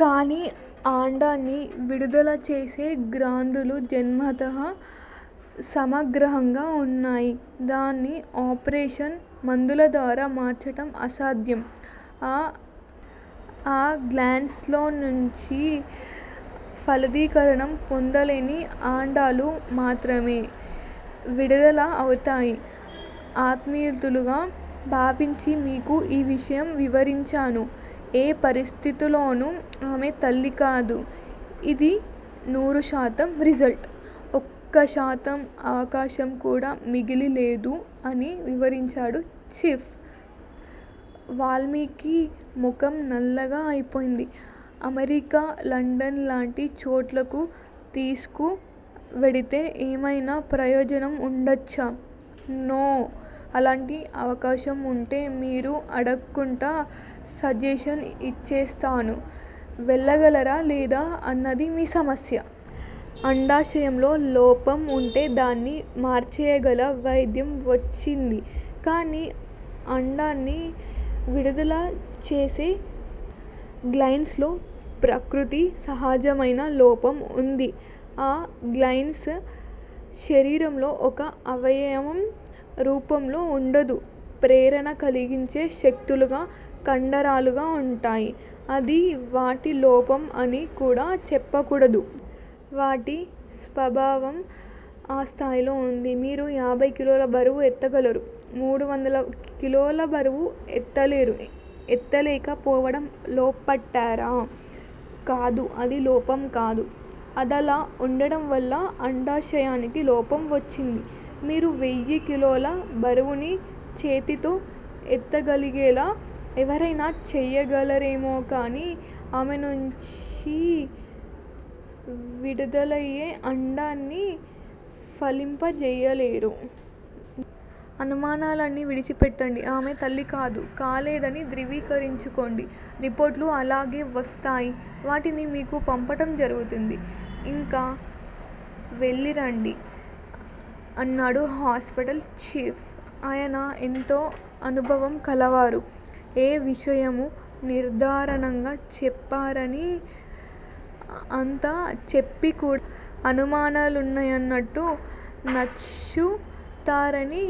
కాని అండాన్ని విడుదల చేసే గ్రంధులు జన్మతః సమగ్రంగా ఉన్నాయి. దాన్ని ఆపరేషన్, మందులద్వారా మార్చటం అసాధ్యం! ఆ గ్లాండ్స్ లోంచి ఫలదీకరణం పొందలేని అండాలు మాత్రమే విడుదల అవుతాయి. ఆత్మీయులుగా భావించి మీకు ఈ విషయం వివరించాను. ఏ పరిస్థితిలోనూ ఆమె తల్లికాదు. ఇది నూరుశాతం రిజల్ట్! ఒక్క శాతం అవకాశం కూడా మిగిలి లేదు అని వివరించాడు చీఫ్! వాల్మీకి ముఖం నల్లగా అయిపొయింది. అమెరికా లండన్ లాంటి చోట్లకు తీసుకు వెడితే ఏమయినా ప్రయోజనం వుండవచ్చా. నో! అలాంటి అవకాశం వుంటే మీరు అడగకుండా సజెషన్ ఇచ్చేస్తాను. వెళ్ళగలరా లేదా అన్నది మీ సమస్య. అండాశయంలో లోపం వుంటే దాన్ని మార్చేయగల వైద్యం వచ్చింది. కాని అండాన్ని విడుదల చేసే గ్లాండ్స్ లో ప్రకృతి సహజమయిన లోపం ఉంది. ఆ గ్లాండ్స్ శరీరంలో ఒక అవయవం రూపంలో వుండవు. ప్రేరణకలిగించే శక్తులుగా కండరాలుగా ఉంటాయి. అది వాటి లోపం అని కూడ చెప్పకూడదు. వాటి స్వభావం ఆ స్థాయిలో ఉంది! మీరు యాభై కిలోల బరువు ఎత్తగలరు. మూడు వందల కిలోల బరువు ఎత్తలేరు. ఎత్తలేక పోవడం లోపమంటారా? కాదు అది లోపం కాదు. అదలా వుండడంవల్ల అండాశయానికి లోపం వచ్చింది. మీరు వెయ్యి కిలోల బరువుని చేతితో ఎత్తగలిగేలా ఎవరయినా చేయగలరేమోకాని ఆమె నించి విడుదలయే అండాన్ని ఫలింపచేయలేరు. అనుమానాలన్నీ విడిచిపెట్టండి! ఆమె తల్లి కాదు కాలేదని ధృవీకరించుకోండి. రిపోర్టులు అలాగే వస్తాయి. వాటిని మీకు పంపటం జరుగుతుంది! ఇక వెళ్ళిరండి! అన్నాడు హాస్పిటల్ చీఫ్! ఆయన ఎంతో అనుభవం కలవారు. ఏ విషయమూ నిర్ధారణగా చెప్పరని అంతా చెప్పికూడ అనుమానాలున్నాయంటూ నాన్చుతారని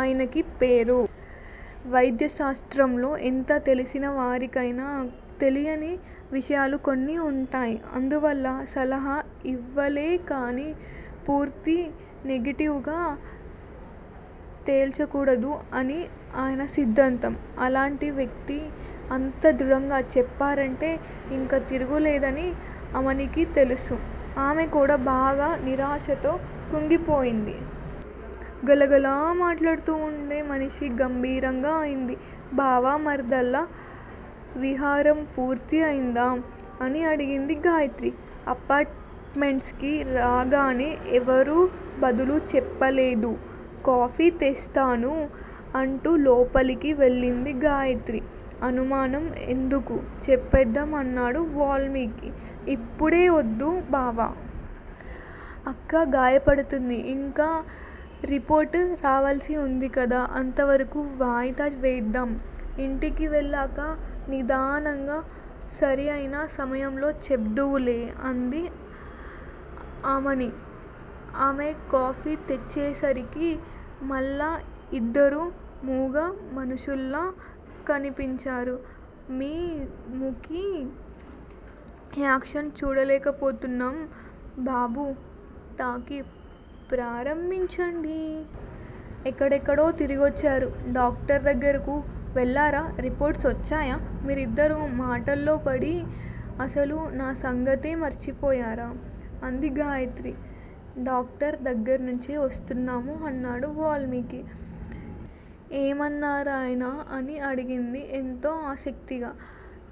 ఆయనకి పేరు. వైద్య శాస్త్రంలో ఎంత తెలిసిన వారికయినా తెలియని విషయాలు కొన్ని వుంటాయి. అందువల్ల సలహా యివ్వాలేకాని పూర్తి నెగెటివ్ గా తేల్చకూడదు అని ఆయన సిద్ధాంతం. అలాంటి వ్యక్తి అంత దృఢంగా చెప్పారంటే ఇంక తిరుగులేదని అమనికి తెలుసు! ఆమె కూడ బాగా నిరాశతో కుంగిపోయింది. గలగల మాటాడుతూ వుండే మనిషి గంభీరంగా అయింది. బావా మరదళ్ళ విహారం పూర్తి అయిందా? అని అడిగింది గాయత్రి అపార్టుమెంట్స్ కి రాగానే, ఎవరూ బదులు చెప్పలేదు. కాఫీ తెస్తాను అంటూ లోపలికి వెళ్ళింది గాయత్రి. అనుమానం ఎందుకు చెప్పేద్దాం అన్నాడు వాల్మీకి. ఇప్పుడే వద్దు బావా! అక్క గాయపడుతుంది. ఇంకా రిపోర్టు రావాల్సి వుంది కదా! అంతవరకూ వాయిదా వేద్దాం! ఇంటికి వెళ్ళాక నిదానంగా సరి అయిన సమయంలో చెప్దువులే! అంది ఆమని. ఆమె కాఫీ తెచ్చేసరికి మళ్ళా యిద్దరూ మూగ మనుషుల్లా కన్పించారు. మీ మూకీ యాక్షన్ చూడలేకపోతున్నాం బాబూ! టాకీ ప్రారంభించండి. ఎక్కడెక్కడ తిరిగొచ్చారు. డాక్టర్ దగ్గరకు వెళ్ళారా? రిపోర్ట్స్ వచ్చాయా? మీరిద్దరూ మాటల్లోపడి అసలు నా సంగతే మర్చిపోయారా? అంది గాయత్రి. డాక్టర్ దగ్గరినించే వస్తున్నాం అన్నాడు వాల్మీకి. ఏమన్నారాయన? అని అడిగింది ఎంతో ఆసక్తిగా.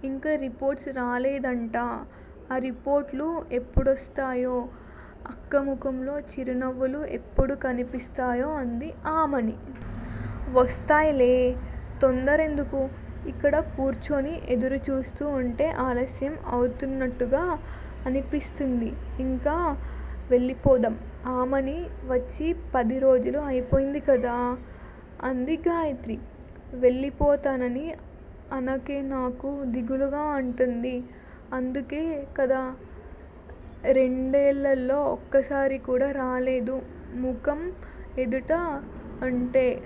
ఇంకా రిపోర్ట్సు రాలేదట! ఆ రిపోర్టులు ఎప్పుడొస్తాయో! అక్క ముఖంలో చిరునవ్వులు ఎప్పుడు కనిపిస్తాయో అంది ఆమని. వస్తాయిలే తొందర ఎందుకు? ఇక్కడ కూర్చుని ఎదురుచూస్తూ వుంటే ఆలస్యం అవుతున్నట్టుగా అనిపిస్తుంది. ఇంక వెళ్ళిపోతాం ఆమనీ! వచ్చి పది రోజులు అయిపొయింది కదా? అంది గాయత్రి. వెళ్ళిపోతానని అనకే నాకు దిగులుగా వుంటుంది. అందుకే కదా రెండేళ్ళలో ఒక్కసారి కూడా రాలేదు. ముఖం ఎదుట వుంటే